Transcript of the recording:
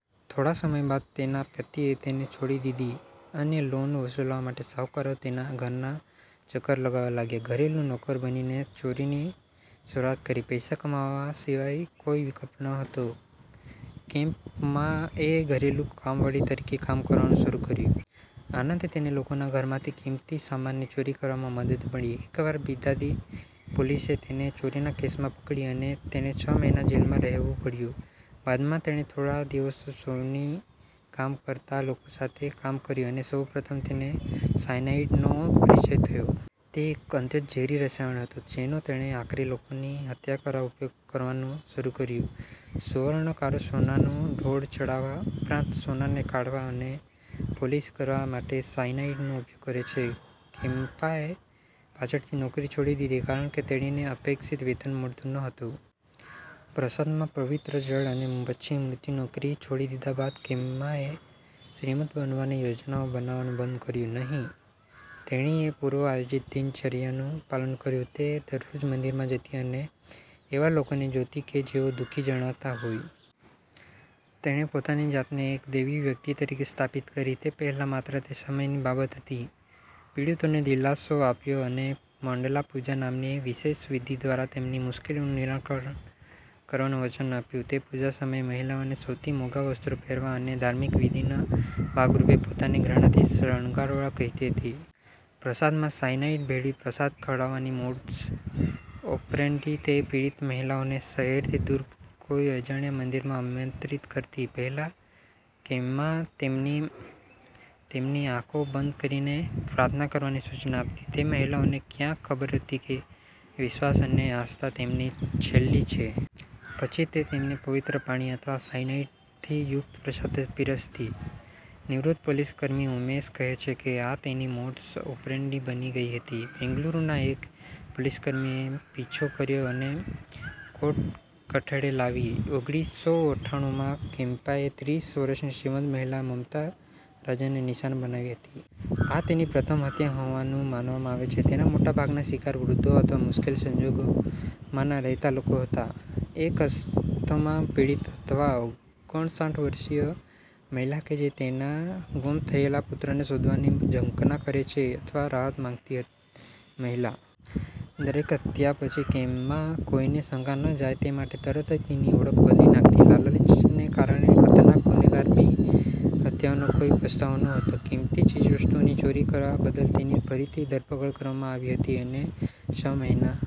થોડા સમય બાદ તેના પતિએ તેને છોડી દીધી અને લોન વસૂલવા માટે શાહુકારો તેના ઘરના ચક્કર લગાવવા લાગ્યા. ઘરેલુ નોકર બનીને ચોરીની શરૂઆત કરી, પૈસા કમાવા સિવાય કોઈ વિકલ્પ ન હતો, કેમ્પમ્માએ ઘરેલુ કામવાળી તરીકે કામ કરવાનું શરૂ કર્યું. આનાથી તેને લોકોના ઘરમાંથી કિંમતી સામાનની ચોરી કરવામાં મદદ મળી. એકવાર બિદાદી પોલીસે તેને ચોરીના કેસમાં પકડી અને તેને છ મહિના જેલમાં રહેવું પડ્યું. બાદમાં તેણે થોડા દિવસો સોની કામ કરતા લોકો સાથે કામ કર્યું અને સૌપ્રથમ તેને સાયનાઈડનો પરિચય થયો. તે એક અત્યંત ઝેરી રસાયણ હતું, જેનો તેણે આખરે લોકોની હત્યા કરવા ઉપયોગ કરવાનું શરૂ કર્યું. સુવર્ણકારો સોનાનો ઢોળ ચઢાવવા ઉપરાંત, સોનાને કાઢવા અને પોલિશ કરવા માટે સાયનાઇડનો ઉપયોગ કરે છે. કેમ્પાએ પાછળથી નોકરી છોડી દીધી કારણ કે, તેણીને અપેક્ષિત વેતન મળતું ન હતું. પ્રસાદમાં પવિત્ર જળ અને પછી મૃત્યુ. નોકરી છોડી દીધા બાદ, કેમ્માએ શ્રીમંત બનવાની યોજનાઓ બનાવવાનું બંધ કર્યું નહીં. તેણીએ પૂર્વ આયોજિત દિનચર્યાનું પાલન કર્યું. તે દરરોજ મંદિરમાં જતી અને એવા લોકોને જોતી કે જેઓ દુઃખી જણાતા હોય. તેણે પોતાની જાતને એક દૈવી વ્યક્તિ તરીકે સ્થાપિત કરી, તે પહેલાં માત્ર તે સમયની બાબત હતી. પીડિતોને દિલાસો આપ્યો અને 'મંડલા પૂજા' નામની વિશેષ વિધિ દ્વારા તેમની મુશ્કેલીઓનું નિરાકરણ કરવાનું વચન આપ્યું. તે પૂજા સમયે મહિલાઓને સૌથી મોંઘા વસ્ત્રો પહેરવા અને ધાર્મિક વિધિના ભાગરૂપે પોતાને ઘરેણાંથી શણગારવા કહેતી હતી. પ્રસાદમાં સાયનાઈડ ભેળવી પ્રસાદ ખવડાવવાની મોડસ ઓપરેન્ડી તે પીડિત મહિલાઓને શહેરથી દુર કોઈ અજાણ્યા મંદિરમાં આમંત્રિત કરતી, પહેલા કેમ્મા તેમની તેમની આંખો બંધ કરીને પ્રાર્થના કરવાની સૂચના આપતી. તે મહિલાઓને ક્યાં ખબર હતી કે વિશ્વાસ અને આસ્થા તેમની છેલ્લી છે. પછી તે તેમને "પવિત્ર પાણી" અથવા સાઇનાઇડથી યુક્ત પ્રસાદ પીરસતી. નિવૃત્ત પોલીસકર્મી ઉમેશ કહે છે કે, આ તેની મોડસ ઓપરેન્ડી બની ગઈ હતી. બેંગલુરુના એક પોલીસકર્મીએ પીછો કર્યો અને કોર્ટ કઠેડે લાવી ઓગણીસસો અઠ્ઠાનુંમાં કેમ્પાએ ત્રીસ વર્ષની શ્રીમંત મહિલા મમતા રાજનને નિશાન બનાવી હતી. આ તેની પ્રથમ હત્યા હોવાનું માનવામાં આવે છે. તેના મોટા ભાગના શિકાર, વૃદ્ધો અથવા મુશ્કેલ સંજોગોમાંના રહેતા લોકો હતા. એક અસ્થમા પીડિત અથવા ઓગણસાઠ વર્ષીય મહિલા કે જે તેના ગુમ થયેલા પુત્રને શોધવાની ઝંખના કરે છે, અથવા રાહત માંગતી મહિલા. દરેક હત્યા પછી, કેમ્મા કોઈને શંકા ન જાય તે માટે તરત જ તેની ઓળખ બદલી નાખતી. લાલચને કારણે ખતરનાક ગુનેગાર બી, હત્યાઓનો કોઈ પસ્તાવો નહોતો, કીમતી ચીજવસ્તુઓની ચોરી કરવા બદલ તેની ફરીથી ધરપકડ કરવામાં આવી હતી અને છ મહિના